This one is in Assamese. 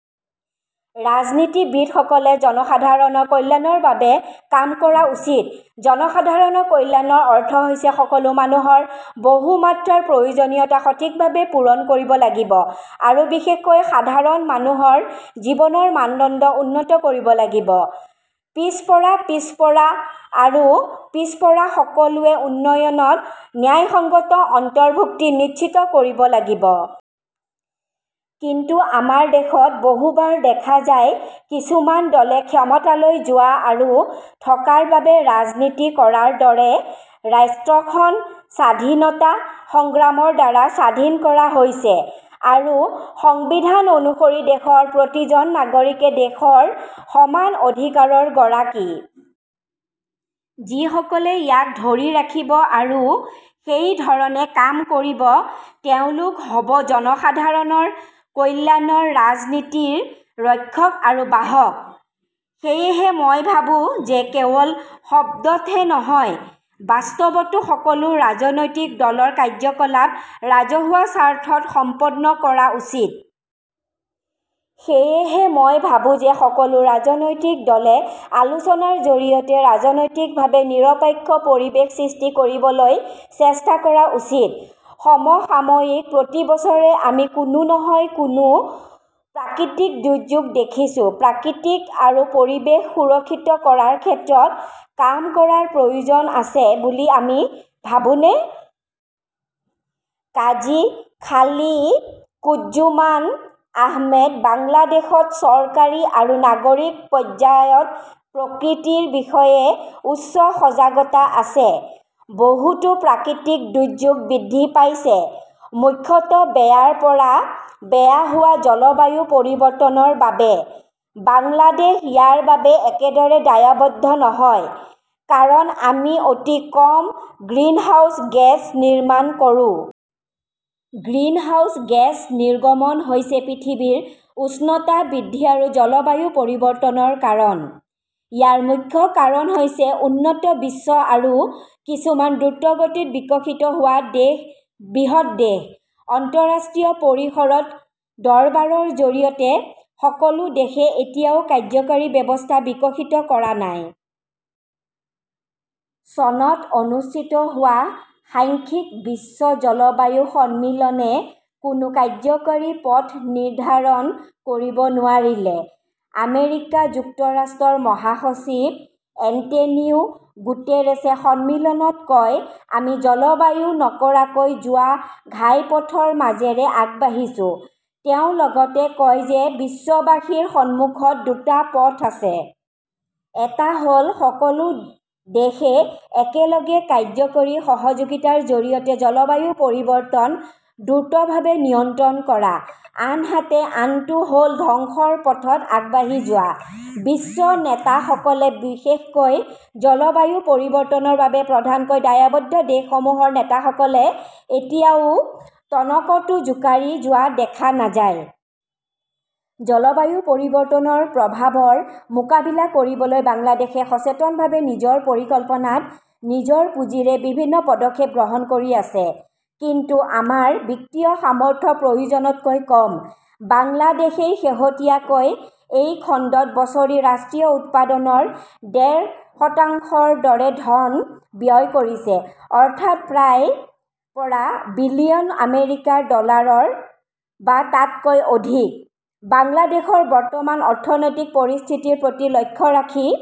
ৰাজনীতিবিদসকলে জনসাধাৰণৰ কল্যাণৰ বাবে কাম কৰা উচিত। জনসাধাৰণৰ কল্যাণৰ অৰ্থ হৈছে সকলো মানুহৰ বহু-মাত্ৰাৰ প্ৰয়োজনীয়তা সঠিকভাৱে পূৰণ কৰিব লাগিব আৰু বিশেষকৈ সাধাৰণ মানুহৰ জীৱনৰ মানদণ্ড উন্নত কৰিব লাগিব। পিছপৰা, পিছপৰা আৰু পিছপৰা সকলোৱে উন্নয়নত ন্যায়সংগত অন্তৰ্ভুক্তি নিশ্চিত কৰিব লাগিব। কিন্তু আমাৰ দেশত বহুবাৰ দেখা যায়, কিছুমান দলে ক্ষমতালৈ যোৱা আৰু থকাৰ বাবে ৰাজনীতি কৰাৰ দৰে। ৰাষ্ট্ৰখন স্বাধীনতা সংগ্ৰামৰ দ্বাৰা স্বাধীন কৰা হৈছে আৰু সংবিধান অনুসৰি দেশৰ প্ৰতিজন নাগৰিকে দেশৰ সমান অধিকাৰৰ গৰাকী। যিসকলে ইয়াক ধৰি ৰাখিব আৰু সেই ধৰণে কাম কৰিব, তেওঁলোক হ "ব জনসাধাৰণৰ কল্যাণকৰ ৰাজনীতিৰ ৰক্ষক আৰু বাহক। সেয়েহে মই ভাবো যে কেৱল শব্দতে নহয়, বাস্তৱতো সকলো ৰাজনৈতিক দলৰ কাৰ্যকলাপ ৰাজহুৱা স্বাৰ্থত সম্পন্ন কৰা উচিত। সেয়েহে মই ভাবো যে সকলো ৰাজনৈতিক দলে আলোচনাৰ জৰিয়তে ৰাজনৈতিকভাৱে নিৰপেক্ষ পৰিৱেশ সৃষ্টি কৰিবলৈ চেষ্টা কৰা উচিত। সমসাময়িকঃ প্ৰতি বছৰে আমি কোনো নহয় কোনো প্ৰাকৃতিক দুৰ্যোগ দেখিছোঁ। প্ৰকৃতি আৰু পৰিৱেশ সুৰক্ষিত কৰাৰ ক্ষেত্ৰত কাম কৰাৰ প্ৰয়োজন আছে বুলি আপুনি ভাবেনে? কাজী খালিকুজ্জমান আহমেদঃ বাংলাদেশত চৰকাৰী আৰু নাগৰিক পৰ্যায়ত প্ৰকৃতিৰ বিষয়ে উচ্চ সজাগতা আছে। বহুতো প্ৰাকৃতিক দুৰ্যোগ বৃদ্ধি পাইছে, মুখ্যতঃ বেয়াৰ পৰা বেয়া হোৱা জলবায়ু পৰিৱৰ্তনৰ বাবে। বাংলাদেশ ইয়াৰ বাবে একেবাৰে দায়বদ্ধ নহয়। কাৰণ আমি অতি কম গ্ৰীণহাউছ গেছ নিৰ্গমন কৰোঁ। গ্ৰীণহাউছ গেছ নিৰ্গমন হৈছে পৃথিৱীৰ উষ্ণতা বৃদ্ধি আৰু জলবায়ু পৰিৱৰ্তনৰ কাৰণ। ইয়াৰ মুখ্য কাৰণ হৈছে উন্নত বিশ্ব আৰু কিছুমান দ্ৰুতগতিত বিকশিত হোৱা বৃহৎ দেশ। আন্তঃৰাষ্ট্ৰীয় পৰিসৰত দৰবাৰৰ জৰিয়তে সকলো দেশে এতিয়াও কাৰ্যকৰী ব্যৱস্থা বিকশিত কৰা নাই। চনত অনুষ্ঠিত হোৱা সংখ্যক বিশ্ব জলবায়ু সন্মিলনে কোনো কাৰ্যকৰী পথ নিৰ্ধাৰণ কৰিব নোৱাৰিলে। আমেৰিকা যুক্তৰাষ্ট্ৰৰ মহাসচিব এন্টোনিও গুটেৰেছে সন্মিলনত কয়, "আমি জলবায়ুৰ নৰকলৈ যোৱা ঘাইপথৰ মাজেৰে আগবাঢ়িছো। " তেওঁ লগতে কয় যে বিশ্ববাসীৰ সন্মুখত দুটা পথ আছে। এটা হ "ল সকলো দেশে একেলগে কাৰ্যকৰী সহযোগিতাৰ জৰিয়তে জলবায়ু পৰিৱৰ্তন দ্ৰুতভাৱে নিয়ন্ত্ৰণ কৰা, আনহাতে আনটো হ" ল ধ্বংসৰ পথত আগবাঢ়ি যোৱা। বিশ্ব নেতাসকলে, বিশেষকৈ জলবায়ু পৰিৱৰ্তনৰ বাবে প্ৰধানকৈ দায়বদ্ধ দেশসমূহৰ নেতাসকলে এতিয়াও টনকটো জোকাৰি যোৱা দেখা নাযায়। জলবায়ু পৰিৱৰ্তনৰ প্ৰভাৱৰ মোকাবিলা কৰিবলৈ বাংলাদেশ সচেতনভাৱে নিজৰ পৰিকল্পনাত, নিজৰ পুঁজিৰে বিভিন্ন পদক্ষেপ গ্ৰহণ কৰি আছে। কিন্তু আমাৰ বিত্তীয় সামৰ্থ্য প্ৰয়োজনতকৈ কম। বাংলাদেশই শেহতীয়াকৈ এই খণ্ডত বছৰি ৰাষ্ট্ৰীয় উৎপাদনৰ ডেৰ শতাংশৰ দৰে ধন ব্যয় কৰিছে, অৰ্থাৎ প্ৰায় ৰ পৰা বিলিয়ন আমেৰিকান ডলাৰ বা তাতকৈ অধিক। বাংলাদেশৰ বৰ্তমানৰ অৰ্থনৈতিক পৰিস্থিতিৰ প্ৰতি লক্ষ্য ৰাখি